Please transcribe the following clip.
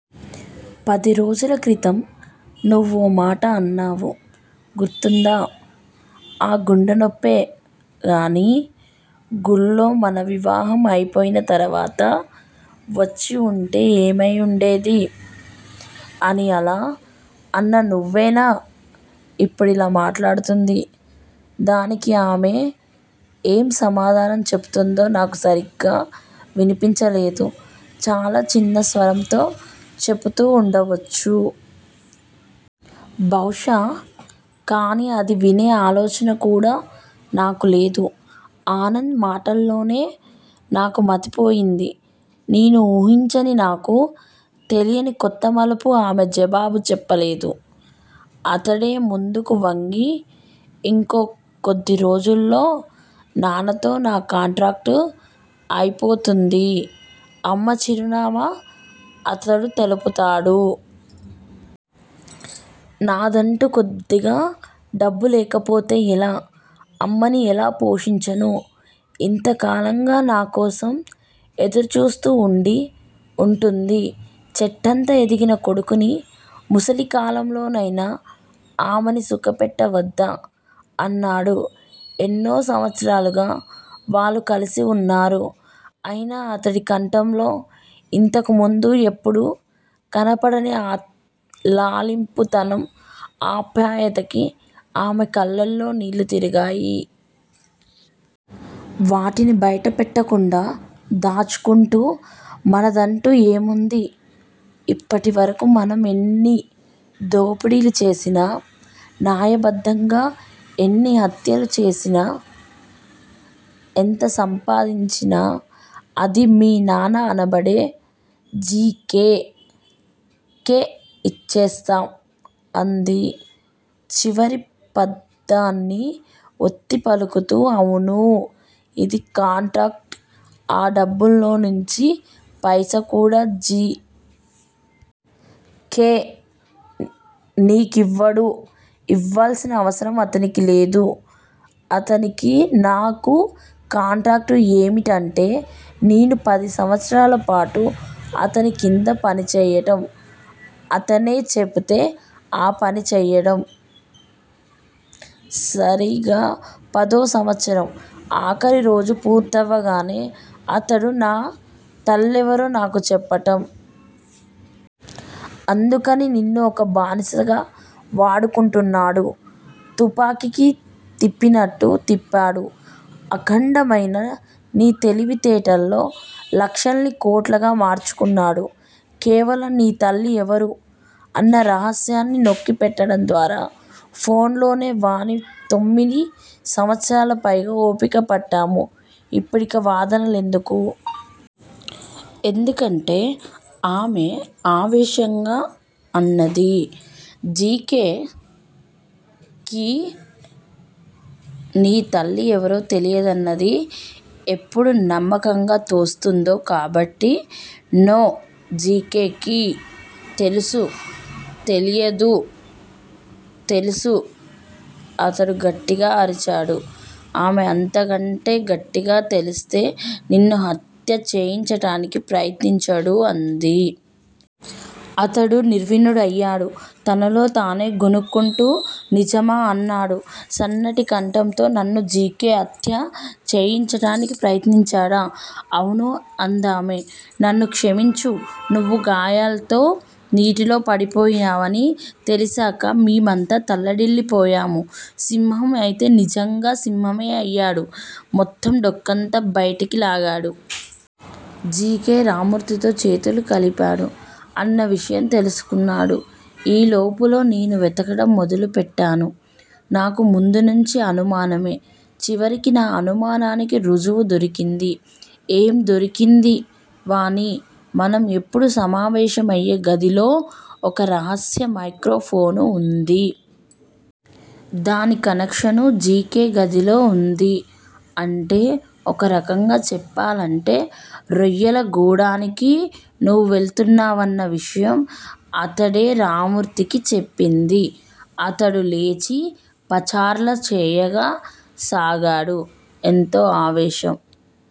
పది రోజుల క్రితం నువ్వోమాట అన్నావు గుర్తుందా? ఆ గుండె నొప్పే గానీ గుళ్ళో మన వివాహం అయిపోయిన తరువాత వచ్చివుంటే ఏమై వుండేది? అని అలా అన్న నువ్వేనా ఇప్పుడిలా మాట్లాడుతూంది? దానికి ఆమె ఏం సమాధానం చెపుతూందో నాకు సరిగ్గా వినిపించలేదు. చాలా చిన్న స్వరంతో చెపుతూ వుండవచ్చు. బహుశా కానీ అది వినే ఆలోచన కూడా నాకు లేదు. ఆనంద్ మాటల్తోనే నాకు మతిపోయింది నేను వూహించని, నాకు తెలియని కొత్త మలుపు ఆమె జవాబు చెప్పలేదు. అతడే ముందుకు వంగి, ఇంకో కొద్ది రోజుల్లో నాన్నతో నా కాంట్రాక్టు అయిపోతుంది. అమ్మ చిరునామా అతడు తెలుపుతాడు. నాదంటూ కొద్దిగా డబ్బు లేకపోతే ఎలా! అమ్మని ఎలా పోషించను! ఇంత కాలంగా నా కోసం ఎదురుచూస్తూ వుండి ఉంటుంది. చెట్టంత ఎదిగిన కొడుకుని! ముసలి కాలంలో నైనా ఆమెని సుఖపెట్టవద్దా? అన్నాడు. ఎన్నో సంవత్సరాలుగా వాళ్ళు కలిసివున్నారు. అయినా అతడి కంఠంలో ఇంతకుముందు ఎప్పుడూ కనపడని ఆ లాలిత్యపు ఆప్యాయతకి ఆమె కళ్ళల్లో నీళ్ళు తిరిగాయి. వాటిని బయట పెట్టకుండా దాచుకుంటూ, మనదంటూ ఏముంది? ఇప్పటివరకూ మనం ఎన్ని దోపిడీలు చేసినా, న్యాయబద్ధంగా ఎన్ని హత్యలు చేసి ఎంత సంపాదించినా అది మీ నాన్న అనబడే జి. కే. కే ఇచ్చేసేం అన్నది చివరి పదాన్ని వత్తి పలుకుతూ. అవును. అదీ కాంట్రాక్టే ఆ డబ్బులోంచి పైసా కూడా జి. కే. నీ కివ్వడు ఇవ్వవలసిన అవసరం అతనికి లేదు. అతనికీ నాకూ కాంట్రాక్టు ఏమిటంటే- నేను పది సంవత్సరాల పాటు అతని క్రింద పనిచేయటం- అతనేం చెపితే ఆ పనిచేయటం- సరీగా పదో సంవత్సరం ఆఖరి రోజు పూర్తవగానే అతడు నా తల్లెవరో నాకు చెప్పటం. అందుకని నిన్ను ఒక బానిసగా వాడుకున్నాడు. తుపాకిని తిప్పినట్టు తిప్పాడు. అఖండమైన నీ తెలివితేటల్తో లక్షల్ని కోట్లుగా మార్చుకున్నాడు. కేవలం, నీ తల్లి ఎవరు, అన్న రహస్యాన్ని నొక్కి పెట్టటం ద్వారా- పోన్లే వాణి, తొమ్మిది సంవత్సరాల పైగా ఓపిక పట్టాము. ఇప్పుడిక వాదన లెందుకు? ఎందుకంటే ఆమె ఆవేశంగా అన్నది. జి. కె. కి నీ తల్లి ఎవరో తెలియదన్నది ఇప్పుడు నమ్మకంగా తోస్తూంది కాబట్టి నో జి. కె. కి తెలుసు. తెలీదు, తెలుసు అతడు గట్టిగా అరిచాడు. ఆమె అంతకంటే గట్టిగా తెలుస్తే నిన్ను హత్యచేయించటానికి ప్రయత్నించడు అంది. అతడు నిర్విణ్ణుడయ్యాడు. తనలో తనే గొణుక్కుంటున్నట్టు నిజమా అన్నాడు సన్నటి కంఠంతో నన్ను జి. కె. హత్య చేయించటానికి ప్రయత్నించాడా? అవును అందామె. నన్ను క్షమించు. నువ్వు గాయాల్తో నీటిలో పడిపోయావని తెలిశాక మేమంతా తల్లడిల్లిపోయాము. సింహం అయితే నిజంగా సింహమే అయ్యాడు. మొత్తం డొకంతా బయటికి లాగాడు. జి. కే. రామ్మూర్తితో చేతులు కలిపాడు అన్న విషయం తెలుసుకున్నాడు. ఈ లోపులో నేను వెతకటం మొదలుపెట్టాను. నాకు ముందు నుంచీ అనుమానమే- చివరికి నా అనుమానానికి ఋజువు దొరికింది. ఏం దొరికింది వాణి మనం ఎప్పుడూ సమావేశమయ్యే గదిలో ఒక రహస్య మైక్రో ఫోను వుంది. దాని కనెక్షను జి. కే. గదిలో వుంది. అంటే- ఒక రకంగా చెప్పాలంటే రొయ్యల గూడేనికి నువ్వు వెళుతున్నావన్న విషయం అతడే రామ్మూర్తికి చెప్పింది. అతడు లేచి పచార్లు చేయ సాగాడు. ఎంతో ఆవేశం